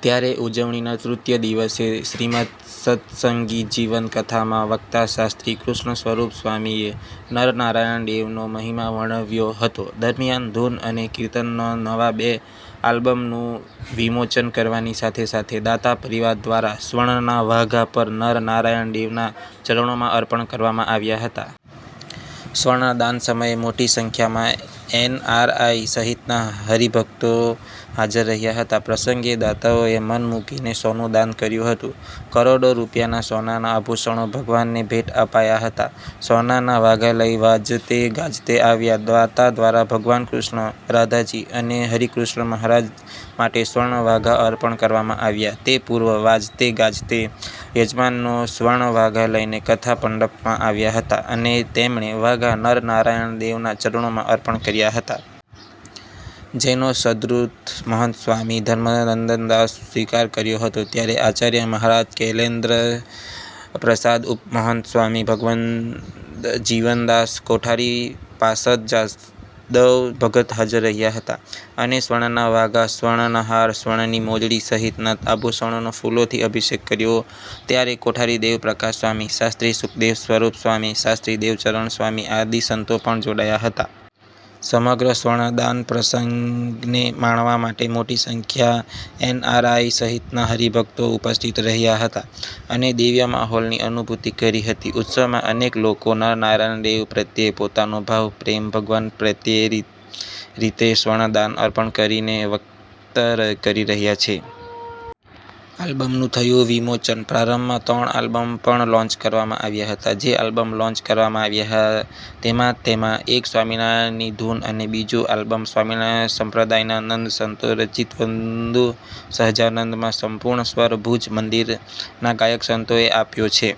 ત્યારે ઉજવણીનાં તૃતીય દિવસે શ્રીમદ્ સત્સંગીજીવન કથામાં વક્તા શાસ્ત્રી કૃષ્ણસ્વરૂપસ્વામીએ નરનારાયણ દેવનો મહિમા વર્ણવ્યો હતો. દરમિયાન ધુન અને કિર્તનનાં નવા બે આલ્બમનું વિમોચન કરવાની સાથે સાથે દાતા પરિવાર દ્વારા સુવર્ણના વાઘા પણ નરનારાયણ દેવનાં ચરણોમાં અર્પણ કરવામાં આવ્યા હતા. સુવર્ણદાન સમયે મોટી સંખ્યામાં એનઆરઆઇ સહિતના હરિભક્તો હાજર રહ્યા હતા. પ્રસંગે દાતાઓએ મન મુકીને સોનું દાન કર્યું હતું. કરોડો રૂપિયાના સોનાના આભૂષણો ભગવાનને ભેટ અપાયા હતા. સોનાના વાઘા લઈ વાજતે ગાજતે આવ્યા દાતા દ્વારા ભગવાન કૃષ્ણ, રાધાજી અને હરિકૃષ્ણ મહારાજ માટે સુવર્ણ વાઘા અર્પણ કરવામાં આવ્યા તે પૂર્વે વાજતેગાજતે યજમાનો સુવર્ણ વાઘા લઇને કથા મંડપમાં આવ્યા હતા અને તેમણેવાઘા નરનારાયણ દેવનાં ચરણોમાં અર્પણ કર્યા હતાં. જેનો સદ્ગુરૂ મહંતસ્વામી ધર્મનંદનદાસે સ્વીકાર કર્યો હતો. ત્યારે આચાર્ય મહારાજ કૌશલેન્દ્રપ્રસાદ, ઉપમહંત સ્વામી ભગવદજીવન દાસ, કોઠારી પાર્ષદ જાદવ ભગત હાજર રહ્યા હતા અને સુવર્ણના વાઘા, સુવર્ણના હાર, સુવર્ણની મોજડી સહિતનાં આભૂષણોનો ફુલોથી અભિષેક કર્યો ત્યારે કોઠારી દેવપ્રકાશસ્વામી, શાસ્ત્રી સુકદેવસ્વરૂપસ્વામી, શાસ્ત્રી દેવચરણસ્વામી આદિ સંતો પણ જોડાયા હતા. સમગ્ર સુવર્ણદાન પ્રસંગને માણવા માટે મોટી સંખ્યા એનઆરઆઇ સહિતનાં હરિભક્તો ઉપસ્થિત રહ્યા હતાં અને દિવ્ય માહોલની અનુભૂતિ કરી હતી. ઉત્સવમાં અનેક લોકો નરનારાયણ દેવ પ્રત્યે પોતાનો ભાવ, પ્રેમ ભગવાન પ્રત્યેરીતે સુવર્ણદાન અર્પણ કરીને વ્યક્ત કરી રહ્યા છે. આલ્બમનું થયું વિમોચન પ્રારંભમાં ત્રણ આલ્બમ પણ લોન્ચ કરવામાં આવ્યા હતાં. જે આબ્લમ લોન્ચ કરવામાં આવ્યા તેમાં તેમાં એક સ્વામિનારાયણની ધુન અને બીજુ આલ્બમ સ્વામિનારાયણ સંપ્રદાયના નંદ સંતો રચિત વંદુ શહજાનંદમાં સંપૂર્ણ સ્વર ભુજ મંદિરનાં ગાયક સંતોએ આપ્યો છે.